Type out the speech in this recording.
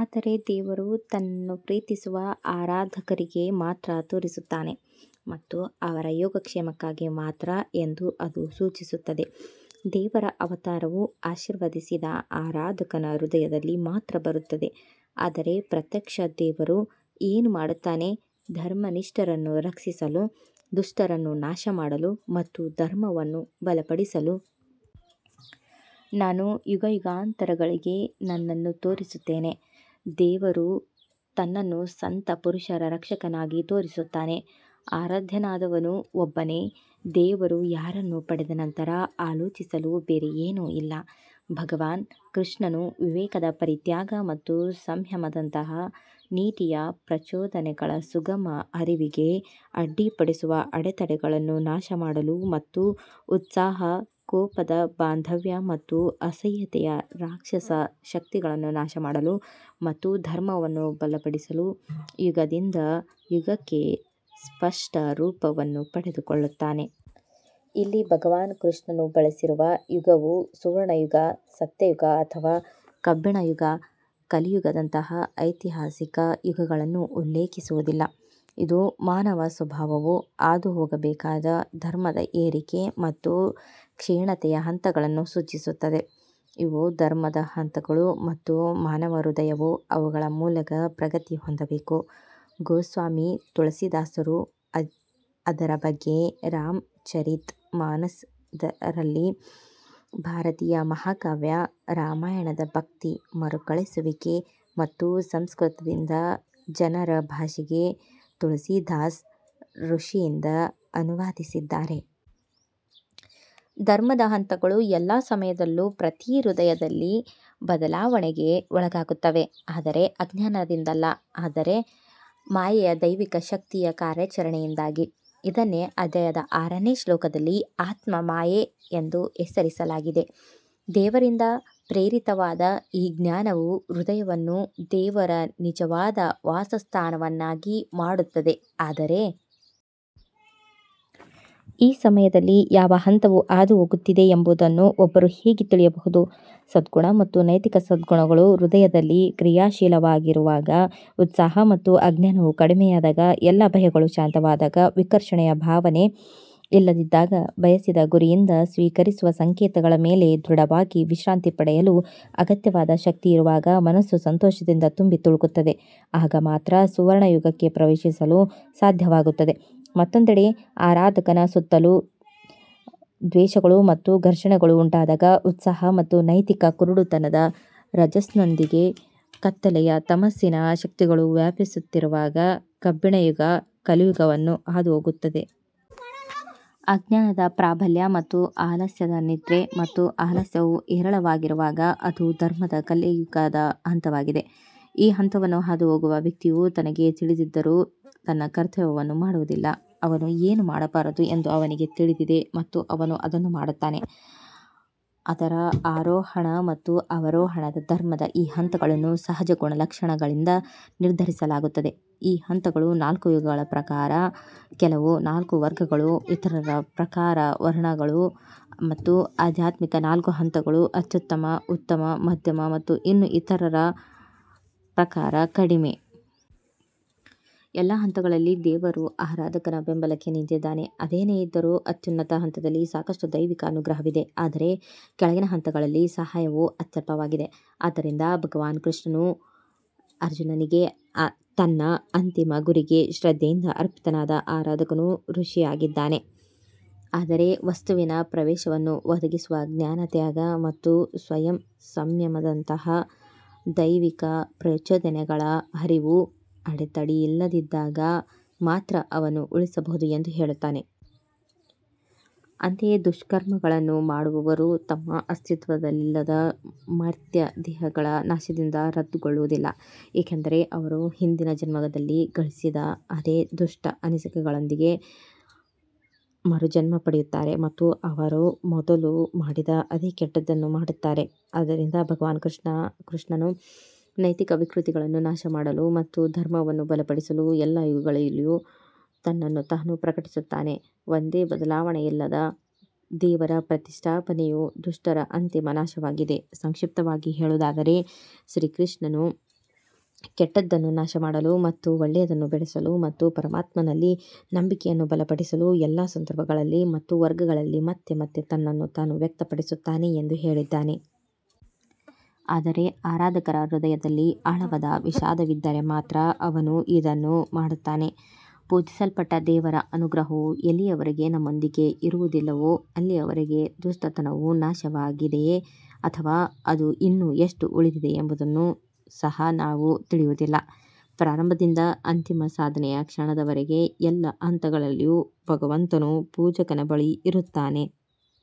ಆದರೆ ದೇವರು ತನ್ನನ್ನು ಪ್ರೀತಿಸುವ ಆರಾಧಕರಿಗೆ ಮಾತ್ರ ತೋರಿಸುತ್ತಾನೆ ಮತ್ತು ಅವರ ಯೋಗಕ್ಷೇಮಕ್ಕಾಗಿ ಮಾತ್ರ ಎಂದು ಅದು ಸೂಚಿಸುತ್ತದೆ ದೇವರ ಅವತಾರವು ಆಶೀರ್ವದಿಸಿದ ಆರಾಧಕನ ಹೃದಯದಲ್ಲಿ ಮಾತ್ರ ಬರುತ್ತದೆ ಆದರೆ ಪ್ರತ್ಯಕ್ಷ ದೇವರು ಏನು ಮಾಡುತ್ತಾನೆ ಧರ್ಮನಿಷ್ಠರನ್ನು ರಕ್ಷಿಸಲು, ದುಷ್ಟರನ್ನು ನಾಶಮಾಡಲು ಮತ್ತು ಧರ್ಮವನ್ನು ಬಲಪಡಿಸಲು ನಾನು ಯುಗಯುಗಾಂತರಗಳಿಗೆ ನನ್ನನ್ನು ತೋರಿಸುತ್ತೇನೆ ದೇವರು ತನ್ನನ್ನು ಸಂತ ಪುರುಷರ ರಕ್ಷಕನಾಗಿ ತೋರಿಸುತ್ತಾನೆ ಆರಾಧ್ಯನಾದವನು ಒಬ್ಬನೇ ದೇವರು ಯಾರನ್ನು ಪಡೆದ ನಂತರ ಆಲೋಚಿಸಲು ಬೇರೆ ಏನೂ ಇಲ್ಲ ಭಗವಾನ್ ಕೃಷ್ಣನು ವಿವೇಕದ ಪರಿತ್ಯಾಗ ಮತ್ತು ಸಂಯಮದಂತಹ ನೀತಿಯ ಪ್ರಚೋದನೆಗಳ ಸುಗಮ ಹರಿವಿಗೆ ಅಡ್ಡಿಪಡಿಸುವ ಅಡೆತಡೆಗಳನ್ನು ನಾಶಮಾಡಲು ಮತ್ತು ಉತ್ಸಾಹ ಕೋಪದ ಬಾಂಧವ್ಯ ಮತ್ತು ಅಸಹ್ಯತೆಯ ರಾಕ್ಷಸ ಶಕ್ತಿಗಳನ್ನು ನಾಶಮಾಡಲು ಮತ್ತು ಧರ್ಮವನ್ನು ಬಲಪಡಿಸಲು ಯುಗದಿಂದ ಯುಗಕ್ಕೆ ಸ್ಪಷ್ಟ ರೂಪವನ್ನು ಪಡೆದುಕೊಳ್ಳುತ್ತಾನೆ. ಇಲ್ಲಿ ಭಗವಾನ್ ಕೃಷ್ಣನು ಬಳಸಿರುವ ಯುಗವು ಸುವರ್ಣಯುಗ ಸತ್ಯಯುಗ ಅಥವಾ ಕಬ್ಬಿಣಯುಗ ಕಲಿಯುಗದಂತಹ ಐತಿಹಾಸಿಕ ಯುಗಗಳನ್ನು ಉಲ್ಲೇಖಿಸುವುದಿಲ್ಲ. ಇದು ಮಾನವ ಸ್ವಭಾವವು ಹಾದುಹೋಗಬೇಕಾದ ಧರ್ಮದ ಏರಿಕೆ ಮತ್ತು ಕ್ಷೀಣತೆಯ ಹಂತಗಳನ್ನು ಸೂಚಿಸುತ್ತದೆ. ಇವು ಧರ್ಮದ ಹಂತಗಳು ಮತ್ತು ಮಾನವ ಹೃದಯವು ಅವುಗಳ ಮೂಲಕ ಪ್ರಗತಿ ಹೊಂದಬೇಕು ಗೋಸ್ವಾಮಿ ತುಳಸಿದಾಸರು ಅದರ ಬಗ್ಗೆ ರಾಮ್ ಚರಿತ್ ಮಾನಸ್ ರಲ್ಲಿ ಭಾರತೀಯ ಮಹಾಕಾವ್ಯ ರಾಮಾಯಣದ ಭಕ್ತಿ ಮರುಕಳಿಸುವಿಕೆ ಮತ್ತು ಸಂಸ್ಕೃತದಿಂದ ಜನರ ಭಾಷೆಗೆ ತುಳಸಿದಾಸ್ ಋಷಿಯಿಂದ ಅನುವಾದಿಸಿದ್ದಾರೆ. ಧರ್ಮದ ಹಂತಗಳು ಎಲ್ಲಾ ಸಮಯದಲ್ಲೂ ಪ್ರತಿ ಹೃದಯದಲ್ಲಿ ಬದಲಾವಣೆಗೆ ಒಳಗಾಗುತ್ತವೆ ಆದರೆ ಅಜ್ಞಾನದಿಂದಲ್ಲ ಆದರೆ ಮಾಯೆಯ ದೈವಿಕ ಶಕ್ತಿಯ ಕಾರ್ಯಾಚರಣೆಯಿಂದಾಗಿ. ಇದನ್ನೇ ಅಧ್ಯಾಯದ ಆರನೇ ಶ್ಲೋಕದಲ್ಲಿ ಆತ್ಮ ಮಾಯೆ ಎಂದು ಹೆಸರಿಸಲಾಗಿದೆ ದೇವರಿಂದ ಪ್ರೇರಿತವಾದ ಈ ಜ್ಞಾನವು ಹೃದಯವನ್ನು ದೇವರ ನಿಜವಾದ ವಾಸಸ್ಥಾನವನ್ನಾಗಿ ಮಾಡುತ್ತದೆ ಆದರೆ ಈ ಸಮಯದಲ್ಲಿ ಯಾವ ಹಂತವು ಹಾದುಹೋಗುತ್ತಿದೆ ಎಂಬುದನ್ನು ಒಬ್ಬರು ಹೇಗೆ ತಿಳಿಯಬಹುದು ಸದ್ಗುಣ ಮತ್ತು ನೈತಿಕ ಸದ್ಗುಣಗಳು ಹೃದಯದಲ್ಲಿ ಕ್ರಿಯಾಶೀಲವಾಗಿರುವಾಗ ಉತ್ಸಾಹ ಮತ್ತು ಅಜ್ಞಾನವು ಕಡಿಮೆಯಾದಾಗ ಎಲ್ಲಾ ಭಯಗಳು ಶಾಂತವಾದಾಗ ವಿಕರ್ಷಣೆಯ ಭಾವನೆ ಇಲ್ಲದಿದ್ದಾಗ ಬಯಸಿದ ಗುರಿಯಿಂದ ಸ್ವೀಕರಿಸುವ ಸಂಕೇತಗಳ ಮೇಲೆ ದೃಢವಾಗಿ ವಿಶ್ರಾಂತಿ ಪಡೆಯಲು ಅಗತ್ಯವಾದ ಶಕ್ತಿಯಿರುವಾಗ ಮನಸ್ಸು ಸಂತೋಷದಿಂದ ತುಂಬಿ ತುಳುಕುತ್ತದೆ ಆಗ ಮಾತ್ರ ಸುವರ್ಣಯುಗಕ್ಕೆ ಪ್ರವೇಶಿಸಲು ಸಾಧ್ಯವಾಗುತ್ತದೆ ಮತ್ತೊಂದೆಡೆ, ಆರಾಧಕನ ಸುತ್ತಲೂ ದ್ವೇಷಗಳು ಮತ್ತು ಘರ್ಷಣೆಗಳು ಉಂಟಾದಾಗ ಉತ್ಸಾಹ ಮತ್ತು ನೈತಿಕ ಕುರುಡುತನದ ರಜಸ್ನೊಂದಿಗೆ ಕತ್ತಲೆಯ ತಮಸ್ಸಿನ ಶಕ್ತಿಗಳು ವ್ಯಾಪಿಸುತ್ತಿರುವಾಗ ಕಬ್ಬಿಣಯುಗ ಕಲಿಯುಗವನ್ನು ಹಾದುಹೋಗುತ್ತದೆ. ಅಜ್ಞಾನದ ಪ್ರಾಬಲ್ಯ ಮತ್ತು ಆಲಸ್ಯದ ನಿದ್ರೆ ಮತ್ತು ಆಲಸ್ಯವು ಹೇರಳವಾಗಿರುವಾಗ ಅದು ಧರ್ಮದ ಕಲಿಯುಗದ ಹಂತವಾಗಿದೆ. ಈ ಹಂತವನ್ನು ಹಾದುಹೋಗುವ ವ್ಯಕ್ತಿಯು ತನಗೆ ತಿಳಿದಿದ್ದರೂ ತನ್ನ ಕರ್ತವ್ಯವನ್ನು ಮಾಡುವುದಿಲ್ಲ ಅವನು ಏನು ಮಾಡಬಾರದು ಎಂದು ಅವನಿಗೆ ತಿಳಿದಿದೆ ಮತ್ತು ಅವನು ಅದನ್ನು ಮಾಡುತ್ತಾನೆ ಅದರ ಆರೋಹಣ ಮತ್ತು ಅವರೋಹಣದ ಧರ್ಮದ ಈ ಹಂತಗಳನ್ನು ಸಹಜ ಗುಣಲಕ್ಷಣಗಳಿಂದ ನಿರ್ಧರಿಸಲಾಗುತ್ತದೆ ಈ ಹಂತಗಳು ನಾಲ್ಕು ಯುಗಗಳ ಪ್ರಕಾರ ಕೆಲವು ನಾಲ್ಕು ವರ್ಗಗಳು ಇತರರ ಪ್ರಕಾರ ವರ್ಣಗಳು ಮತ್ತು ಆಧ್ಯಾತ್ಮಿಕ ನಾಲ್ಕು ಹಂತಗಳು ಅತ್ಯುತ್ತಮ ಉತ್ತಮ ಮಧ್ಯಮ ಮತ್ತು ಇನ್ನೂ ಇತರರ ಪ್ರಕಾರ ಕಡಿಮೆ. ಎಲ್ಲಾ ಹಂತಗಳಲ್ಲಿ ದೇವರು ಆರಾಧಕನ ಬೆಂಬಲಕ್ಕೆ ನಿಂತಿದ್ದಾನೆ ಅದೇನೇ ಇದ್ದರೂ ಅತ್ಯುನ್ನತ ಹಂತದಲ್ಲಿ ಸಾಕಷ್ಟು ದೈವಿಕ ಅನುಗ್ರಹವಿದೆ ಆದರೆ ಕೆಳಗಿನ ಹಂತಗಳಲ್ಲಿ ಸಹಾಯವು ಅತ್ಯಲ್ಪವಾಗಿದೆ. ಆದ್ದರಿಂದ ಭಗವಾನ್ ಕೃಷ್ಣನು ಅರ್ಜುನನಿಗೆ ತನ್ನ ಅಂತಿಮ ಗುರಿಗೆ ಶ್ರದ್ಧೆಯಿಂದ ಅರ್ಪಿತನಾದ ಆರಾಧಕನು ಋಷಿಯಾಗಿದ್ದಾನೆ ಆದರೆ ವಸ್ತುವಿನ ಪ್ರವೇಶವನ್ನು ಒದಗಿಸುವ ಜ್ಞಾನತ್ಯಾಗ ಮತ್ತು ಸ್ವಯಂ ಸಂಯಮದಂತಹ ದೈವಿಕ ಪ್ರಚೋದನೆಗಳ ಹರಿವು ಅಡೆತಡೆಯಿಲ್ಲದಿದ್ದಾಗ ಮಾತ್ರ ಅವನು ಉಳಿಸಬಹುದು ಎಂದು ಹೇಳುತ್ತಾನೆ. ಅಂತೆಯೇ ದುಷ್ಕರ್ಮಗಳನ್ನು ಮಾಡುವವರು ತಮ್ಮ ಅಸ್ತಿತ್ವದಲ್ಲಿಲ್ಲದ ಮರ್ತ್ಯ ದೇಹಗಳ ನಾಶದಿಂದ ರದ್ದುಗೊಳ್ಳುವುದಿಲ್ಲ ಏಕೆಂದರೆ ಅವರು ಹಿಂದಿನ ಜನ್ಮದಲ್ಲಿ ಗಳಿಸಿದ ಅದೇ ದುಷ್ಟ ಅನಿಸಿಕೆಗಳೊಂದಿಗೆ ಮರುಜನ್ಮ ಪಡೆಯುತ್ತಾರೆ ಮತ್ತು ಅವರು ಮೊದಲು ಮಾಡಿದ ಅದೇ ಕೆಟ್ಟದ್ದನ್ನು ಮಾಡುತ್ತಾರೆ. ಆದ್ದರಿಂದ ಭಗವಾನ್ ಕೃಷ್ಣನು ನೈತಿಕ ವಿಕೃತಿಗಳನ್ನು ನಾಶಮಾಡಲು ಮತ್ತು ಧರ್ಮವನ್ನು ಬಲಪಡಿಸಲು ಎಲ್ಲಾ ಯುಗಗಳಲ್ಲಿಯೂ ತನ್ನನ್ನು ತಾನು ಪ್ರಕಟಿಸುತ್ತಾನೆ ಒಂದೇ ಬದಲಾವಣೆಯಿಲ್ಲದ ದೇವರ ಪ್ರತಿಷ್ಠಾಪನೆಯು ದುಷ್ಟರ ಅಂತಿಮ ನಾಶವಾಗಿದೆ ಸಂಕ್ಷಿಪ್ತವಾಗಿ ಹೇಳುವುದಾದರೆ, ಶ್ರೀಕೃಷ್ಣನು ಕೆಟ್ಟದ್ದನ್ನು ನಾಶಮಾಡಲು ಮತ್ತು ಒಳ್ಳೆಯದನ್ನು ಬೆಳೆಸಲು ಮತ್ತು ಪರಮಾತ್ಮನಲ್ಲಿ ನಂಬಿಕೆಯನ್ನು ಬಲಪಡಿಸಲು ಎಲ್ಲಾ ಸಂದರ್ಭಗಳಲ್ಲಿ ಮತ್ತು ವರ್ಗಗಳಲ್ಲಿ ಮತ್ತೆ ಮತ್ತೆ ತನ್ನನ್ನು ತಾನು ವ್ಯಕ್ತಪಡಿಸುತ್ತಾನೆ ಎಂದು ಹೇಳಿದ್ದಾನೆ. ಆದರೆ ಆರಾಧಕರ ಹೃದಯದಲ್ಲಿ ಆಳವಾದ ವಿಷಾದವಿದ್ದರೆ ಮಾತ್ರ ಅವನು ಇದನ್ನು ಮಾಡುತ್ತಾನೆ ಪೂಜಿಸಲ್ಪಟ್ಟ ದೇವರ ಅನುಗ್ರಹವು ಎಲ್ಲಿಯವರೆಗೆ ನಮ್ಮೊಂದಿಗೆ ಇರುವುದಿಲ್ಲವೋ ಅಲ್ಲಿಯವರೆಗೆ ದುಷ್ಟತನವು ನಾಶವಾಗಿದೆಯೇ ಅಥವಾ ಅದು ಇನ್ನೂ ಎಷ್ಟು ಉಳಿದಿದೆ ಎಂಬುದನ್ನು ಸಹ ನಾವು ತಿಳಿಯುವುದಿಲ್ಲ. ಪ್ರಾರಂಭದಿಂದ ಅಂತಿಮ ಸಾಧನೆಯ ಕ್ಷಣದವರೆಗೆ ಎಲ್ಲಾ ಹಂತಗಳಲ್ಲಿಯೂ ಭಗವಂತನು ಪೂಜಕನ ಬಳಿ ಇರುತ್ತಾನೆ।